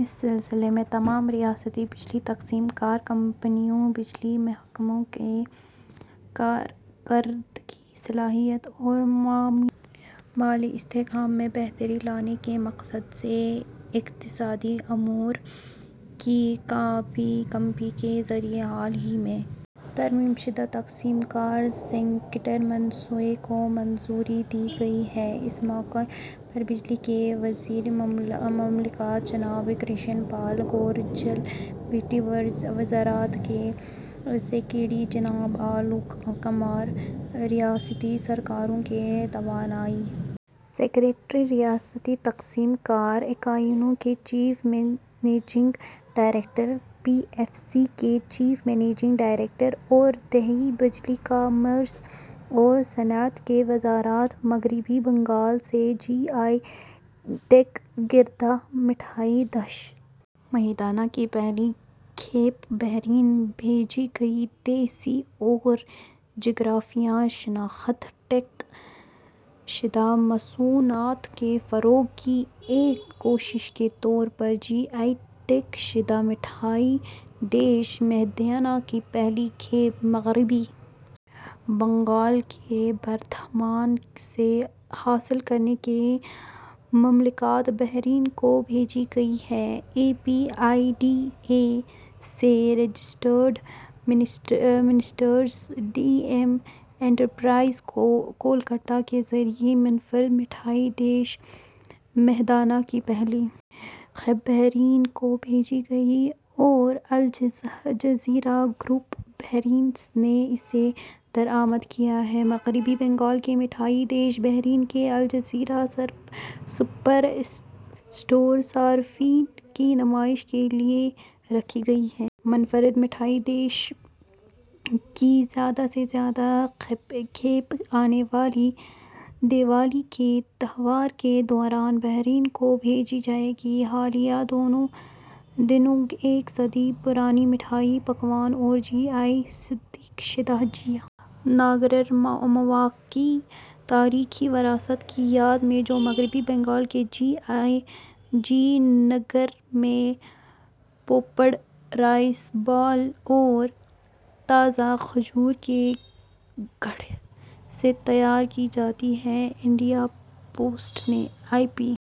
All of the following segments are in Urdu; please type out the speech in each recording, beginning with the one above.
اس سلسلے میں تمام ریاستی بجلی تقسیم کار کمپنیوں بجلی محکموں کی کارکردگی صلاحیت اور مالی استحکام میں بہتری لانے کے مقصد سے اقتصادی امور کی کابینہ کمیٹی کے ذریعہ حال ہی میں ترمیم شدہ تقسیم کار سیکٹر منصوبے کو منظوری دی گئی ہے اس موقع پر بجلی کے وزیر مملکت جناب کرشن پال گورجر بجلی وزارت کے سیکریٹری جناب آلوک کمار ریاستی سرکاروں کے توانائی سیکریٹری ریاستی تقسیم کار اکائیوں کے chief managing director P F C کے چیف منیجنگ ڈائریکٹر اور دیہی بجلی کامرس اور صنعت کی وزارت مغربی بنگال سے جی آئی ٹیگ کردہ مٹھائی ڈش مہیدانہ کی پہلی کھیپ بحرین بھیجی گئی دیسی اور جغرافیائی شناخت ٹیگ شدہ مصنوعات کے فروغ کی ایک کوشش کے طور پر جی آئی ٹیگ شدہ مٹھائی ڈش مہیدانہ کی پہلی کھیپ مغربی بنگال کے بردھمان سے حاصل کر کے مملکت بحرین کو بھیجی گئی ہے A P E D A سے registered messrs D M enterprises Kolkata کے ذریعہ منفرد مٹھائی ڈش مہیدانہ کی پہلی کھیپ بحرین کو بھیجی گئی اور الجزیرہ گروپ بحرین نے اسے درآمد کیا ہے مغربی بنگال کی مٹھائی ڈش بحرین کے الجزیرہ سپر اسٹور میں صارفین کی نمائش کے لیے رکھی گئی ہے منفرد مٹھائی ڈش کی زیادہ سے زیادہ کھیپ آنے والی دیوالی کے تہوار کے دوران بحرین کو بھیجی جائے گی حالیہ دنوں ایک صدی پرانی مٹھائی پکوان اور جی آئی تصدیق شدہ جیہ ناگرر مووا کی تاریخی وراثت کی یاد میں جو مغربی بنگال کے جے نگر میں پوپڈ رائس بال اور تازہ کھجور کے گڑ سے تیار کی جاتی ہے انڈیا پوسٹ نے اے پی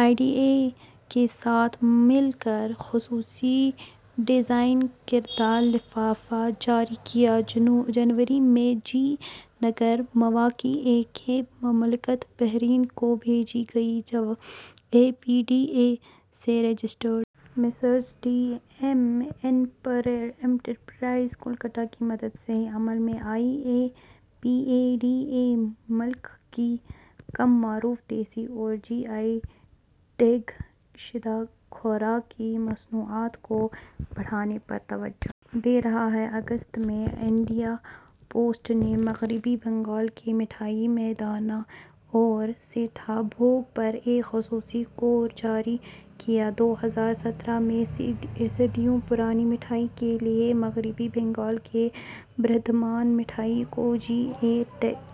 ای ڈی اے کے ساتھ مل کر خصوصی ڈیزائن کردہ لفافہ جاری کیا جنوری میں جے نگر موآ کی ایک کھیپ مملکت بحرین کو بھیجی گئی جو اے پی ڈی اے سے registered messrs D M enterprises Kolkata کی مدد سے عمل میں آئی اے پی ای ڈی اے ملک کی کم معروف دیسی اور جی آئی ٹیگ شدہ خوراک کی مصنوعات کو بڑھانے پر توجہ دے رہا ہے اگست میں انڈیا پوسٹ نے مغربی بنگال کی مٹھائی مہیدانہ اور سیتا بھوگ پر ایک خصوصی کور جاری کیا دو ہزار سترہ میں صدیوں پرانی مٹھائی کے لیے مغربی بنگال کی بردھمان مٹھائی کو جی آئی ٹیگ